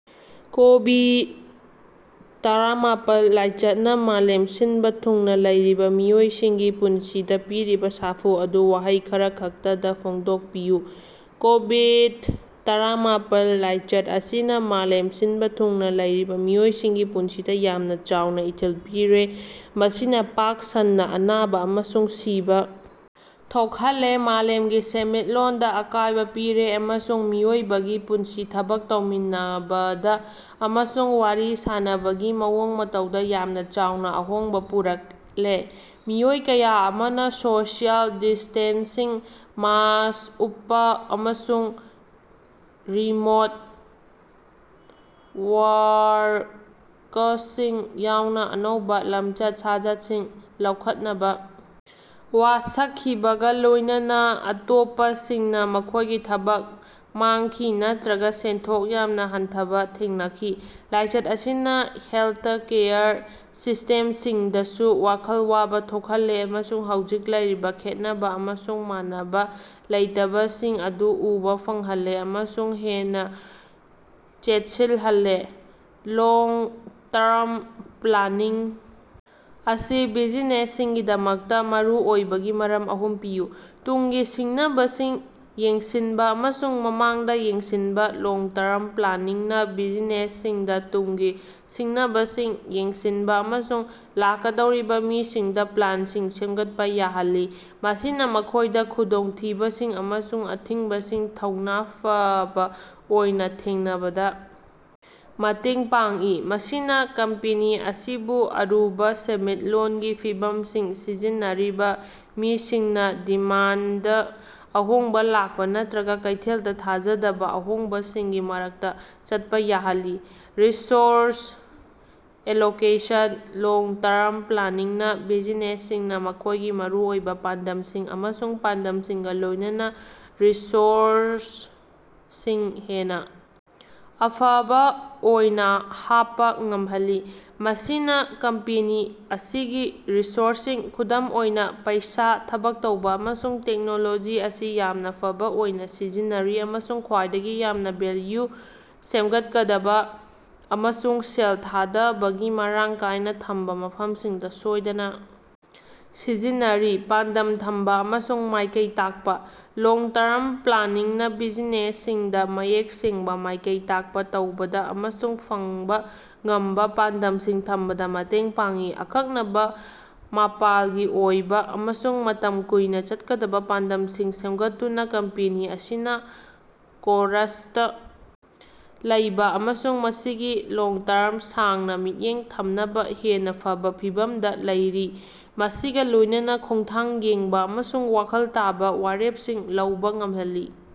ꯀꯣꯕꯤꯗ-ꯇꯔꯥꯃꯥꯄꯜ ꯂꯥꯏꯆꯠꯅ ꯃꯥꯂꯦꯝ ꯁꯤꯟꯕ ꯊꯨꯡꯅ ꯂꯩꯔꯤꯕ ꯃꯤꯑꯣꯏꯁꯤꯡꯒꯤ ꯄꯨꯟꯁꯤꯗ ꯄꯤꯔꯤꯕ ꯁꯥꯐꯨ ꯑꯗꯨ ꯋꯥꯍꯩ ꯈꯔꯈꯛꯇꯗ ꯐꯣꯡꯗꯣꯛꯄꯤꯌꯨ꯫ ꯀꯣꯕꯤꯗ-ꯇꯔꯥꯃꯥꯄꯜ ꯂꯥꯏꯆꯠ ꯑꯁꯤꯅꯥ ꯃꯥꯂꯦꯝ ꯁꯤꯟꯕ ꯊꯨꯡꯅ ꯂꯩꯔꯤꯕ ꯃꯤꯑꯣꯏꯁꯤꯡꯒꯤ ꯄꯨꯟꯁꯤꯗ ꯌꯥꯝꯅ ꯆꯥꯎꯅ ꯏꯊꯤꯜ ꯄꯤꯔꯦ꯫ ꯃꯁꯤꯅꯥ ꯄꯥꯛ ꯁꯟꯅ ꯑꯅꯥꯕ ꯑꯃꯁꯨꯡ ꯁꯤꯕꯥ ꯊꯣꯛꯍꯜꯂꯦ ꯃꯥꯂꯦꯝꯒꯤ ꯁꯦꯟꯃꯤꯠꯂꯣꯟꯗ ꯑꯀꯥꯢꯕ ꯄꯤꯔꯦ ꯑꯃꯁꯨꯡ ꯃꯤꯑꯣꯏꯕꯒꯤ ꯄꯨꯟꯁꯤ ꯊꯕꯛ ꯇꯧꯃꯤꯟꯅꯕꯗ ꯑꯃꯁꯨꯡ ꯋꯥꯔꯤ ꯁꯥꯅꯕꯒꯤ ꯃꯑꯣꯡ ꯃꯇꯧꯗꯥ ꯌꯥꯝꯅꯥ ꯆꯥꯎꯅꯥ ꯑꯍꯣꯡꯕꯥ ꯄꯨꯔꯛꯂꯦ꯫ ꯃꯤꯑꯣꯏ ꯀꯌꯥ ꯑꯃꯅ ꯁꯣꯁꯤꯑꯦꯜ ꯗꯤꯁꯇꯦꯟꯁꯤꯡ, ꯃꯥꯛꯁ ꯎꯞꯄꯥ ꯑꯃꯁꯨꯡ ꯔꯤꯃꯣꯠ ꯋꯥꯔ꯭ꯀꯁꯤꯡ ꯌꯥꯎꯅ ꯑꯅꯧꯕ ꯂꯝꯆꯠ-ꯁꯥꯖꯠꯁꯤꯡ ꯂꯧꯈꯠꯅꯕ ꯋꯥꯁꯛꯈꯤꯕꯒ ꯂꯣꯢꯅꯅ ꯑꯇꯣꯞꯄꯁꯤꯡꯅ ꯃꯈꯣꯢꯒꯤ ꯊꯕꯛ ꯃꯥꯡꯈꯤ ꯅꯠꯇ꯭ꯔꯒ ꯁꯦꯟꯊꯣꯛ ꯌꯥꯝꯅ ꯍꯟꯊꯕ ꯊꯦꯡꯅꯈꯤ꯫ ꯂꯥꯏꯆꯠ ꯑꯁꯤꯅ ꯍꯦꯜꯊꯀꯦꯌꯔ ꯁꯤꯁꯇꯦꯝꯁꯤꯡꯗꯁꯨ ꯋꯥꯈꯜ ꯋꯥꯕ ꯊꯣꯛꯍꯜꯂꯦ ꯑꯃꯁꯨꯡ ꯍꯧꯖꯤꯛ ꯂꯩꯔꯤꯕꯥ ꯈꯦꯟꯅꯕ ꯑꯃꯁꯨꯡ ꯃꯥꯟꯅꯕ ꯂꯩꯇꯕꯁꯤꯡ ꯑꯗꯨ ꯎꯕ ꯐꯪꯍꯜꯂꯦ ꯑꯃꯁꯨꯡ ꯍꯦꯟꯅ ꯆꯦꯠꯁꯤꯜꯍꯜꯂꯦ꯫ ꯂꯣꯡ-ꯇꯔꯝ ꯄ꯭ꯂꯥꯅꯤꯡ ꯑꯁꯤ ꯕꯤꯖꯤꯅꯦꯁꯁꯤꯡꯒꯤꯗꯃꯛꯇ ꯃꯔꯨꯑꯣꯏꯕꯒꯤ ꯃꯔꯝ ꯑꯍꯨꯝ ꯄꯤꯌꯨ꯫ ꯇꯨꯡꯒꯤ ꯁꯤꯡꯅꯕꯁꯤꯡ ꯌꯦꯡꯁꯤꯟꯕ ꯑꯃꯁꯨꯡ ꯃꯃꯥꯡꯗ ꯌꯦꯡꯁꯤꯟꯕꯥ: ꯂꯣꯡ-ꯇꯔꯝ ꯄ꯭ꯂꯥꯅꯤꯡꯅ ꯕꯤꯖꯤꯅꯦꯁꯁꯤꯡꯗ ꯇꯨꯡꯒꯤ ꯁꯤꯡꯅꯕꯁꯤꯡ ꯌꯦꯡꯁꯤꯟꯕ ꯑꯃꯁꯨꯡ ꯂꯥꯛꯀꯗꯧꯔꯤꯕ ꯃꯤꯁꯤꯡꯗ ꯄ꯭ꯂꯥꯟꯁꯤꯡ ꯁꯦꯝꯒꯠꯄ ꯌꯥꯍꯜꯂꯤ ꯃꯁꯤꯅ ꯃꯈꯣꯢꯗ ꯈꯨꯗꯣꯡꯊꯤꯕꯁꯤꯡ ꯑꯃꯁꯨꯡ ꯑꯊꯤꯡꯕꯁꯤꯡ ꯊꯧꯅ ꯐꯥꯕ ꯑꯣꯏꯅ ꯊꯦꯡꯅꯕꯗ ꯃꯇꯦꯡ ꯄꯥꯡꯏ꯫ ꯃꯁꯤꯅꯥ ꯀꯝꯄꯦꯅꯤ ꯑꯁꯤꯕꯨ ꯑꯔꯨꯕ ꯁꯦꯟꯃꯤꯠꯂꯣꯟꯒꯤ ꯐꯤꯚꯝꯁꯤꯡ ꯁꯤꯖꯤꯟꯅꯔꯤꯕ ꯃꯤꯁꯤꯡꯅ ꯗꯤꯃꯥꯟꯗꯗꯥ ꯑꯍꯣꯡꯕ ꯂꯥꯛꯄ ꯅꯠꯇ꯭ꯔꯒ ꯀꯩꯊꯦꯜꯗ ꯊꯥꯖꯗꯕ ꯑꯍꯣꯡꯕꯁꯤꯡꯒꯤ ꯃꯔꯛꯇ ꯆꯠꯄ ꯌꯥꯍꯜꯂꯤ꯫ ꯔꯤꯁꯣꯔꯁ ꯑꯦꯂꯣꯀꯦꯁꯟ: ꯂꯣꯡ-ꯇꯔꯝ ꯄ꯭ꯂꯥꯅꯤꯡꯅ ꯕꯤꯖꯤꯅꯦꯁꯁꯤꯡꯅ ꯃꯈꯣꯢꯒꯤ ꯃꯔꯨꯑꯣꯏꯕ ꯄꯥꯟꯗꯝꯁꯤꯡ ꯑꯃꯁꯨꯡ ꯄꯥꯟꯗꯝꯁꯤꯡꯒ ꯂꯣꯢꯅꯅꯥ ꯔꯤꯁꯣꯔꯁꯁꯤꯡ ꯍꯦꯟꯅ ꯑꯐꯕ ꯑꯣꯏꯅ ꯍꯥꯞꯄ ꯉꯝꯍꯜꯂꯤ꯫ ꯃꯁꯤꯅ ꯀꯝꯄꯦꯅꯤ ꯑꯁꯤꯒꯤ ꯔꯤꯁꯣꯔꯁꯁꯤꯡ ꯈꯨꯗꯝ ꯑꯣꯏꯅ ꯄꯩꯁꯥ, ꯊꯕꯛ ꯇꯧꯕ ꯑꯃꯁꯨꯡ ꯇꯦꯛꯅꯣꯂꯣꯖꯤ ꯑꯁꯤ ꯌꯥꯝꯅ ꯐꯥꯕ ꯑꯣꯏꯅꯥ ꯁꯤꯖꯤꯟꯅꯔꯤ ꯑꯃꯁꯨꯡ ꯈ꯭ꯋꯥꯏꯗꯒꯤ ꯌꯥꯝꯅ ꯚꯦꯜꯌꯨ ꯁꯦꯝꯒꯠꯀꯗꯕ ꯑꯃꯁꯨꯡ ꯁꯦꯜ ꯊꯥꯗꯕꯒꯤ ꯃꯔꯥꯡ ꯀꯥꯏꯅ ꯊꯝꯕ ꯃꯐꯝꯁꯤꯡꯗ ꯁꯣꯏꯗꯅ ꯁꯤꯖꯤꯟꯅꯔꯤ꯫ ꯄꯥꯟꯗꯝ ꯊꯝꯕ ꯑꯃꯁꯨꯡ ꯃꯥꯏꯀꯩ ꯇꯥꯛꯄ: ꯂꯣꯡ-ꯇꯔꯝ ꯄ꯭ꯂꯥꯅꯤꯡꯅ ꯕꯤꯖꯤꯅꯦꯁꯁꯤꯡꯗ ꯃꯌꯦꯛ ꯁꯦꯡꯕ ꯃꯥꯏꯀꯩ ꯇꯥꯛꯄ ꯇꯧꯕꯗ ꯑꯃꯁꯨꯡ ꯐꯪꯕꯥ ꯉꯝꯕ ꯄꯥꯟꯗꯝꯁꯤꯡ ꯊꯝꯕꯗ ꯃꯇꯦꯡ ꯄꯥꯡꯏ꯫ ꯑꯀꯛꯅꯕ ꯃꯥꯄꯥꯜꯒꯤ ꯑꯣꯏꯕ ꯑꯃꯁꯨꯡ ꯃꯇꯝ ꯀꯨꯏꯅ ꯆꯠꯀꯗꯕ ꯄꯥꯟꯗꯝꯁꯤꯡ ꯁꯦꯝꯒꯠꯇꯨꯅ ꯀꯝꯄꯦꯅꯤ ꯑꯁꯤꯅ ꯀꯣꯔꯁꯇ ꯂꯩꯕꯥ ꯑꯃꯁꯨꯡ ꯃꯁꯤꯒꯤ ꯂꯣꯡ-ꯇꯔꯝ ꯁꯥꯡꯅ ꯃꯤꯠꯌꯦꯡ ꯊꯝꯅꯕ ꯍꯦꯟꯅ ꯐꯕ ꯐꯤꯚꯝꯗ ꯂꯩꯔꯤ ꯃꯁꯤꯒꯥ ꯂꯣꯢꯅꯅꯥ ꯈꯣꯡꯊꯥꯡ ꯌꯦꯡꯕ ꯑꯃꯁꯨꯡ ꯋꯥꯈꯜ ꯇꯥꯕꯥ ꯋꯥꯔꯦꯞꯁꯤꯡ ꯂꯧꯕꯥ ꯉꯝꯍꯜꯂꯤ꯫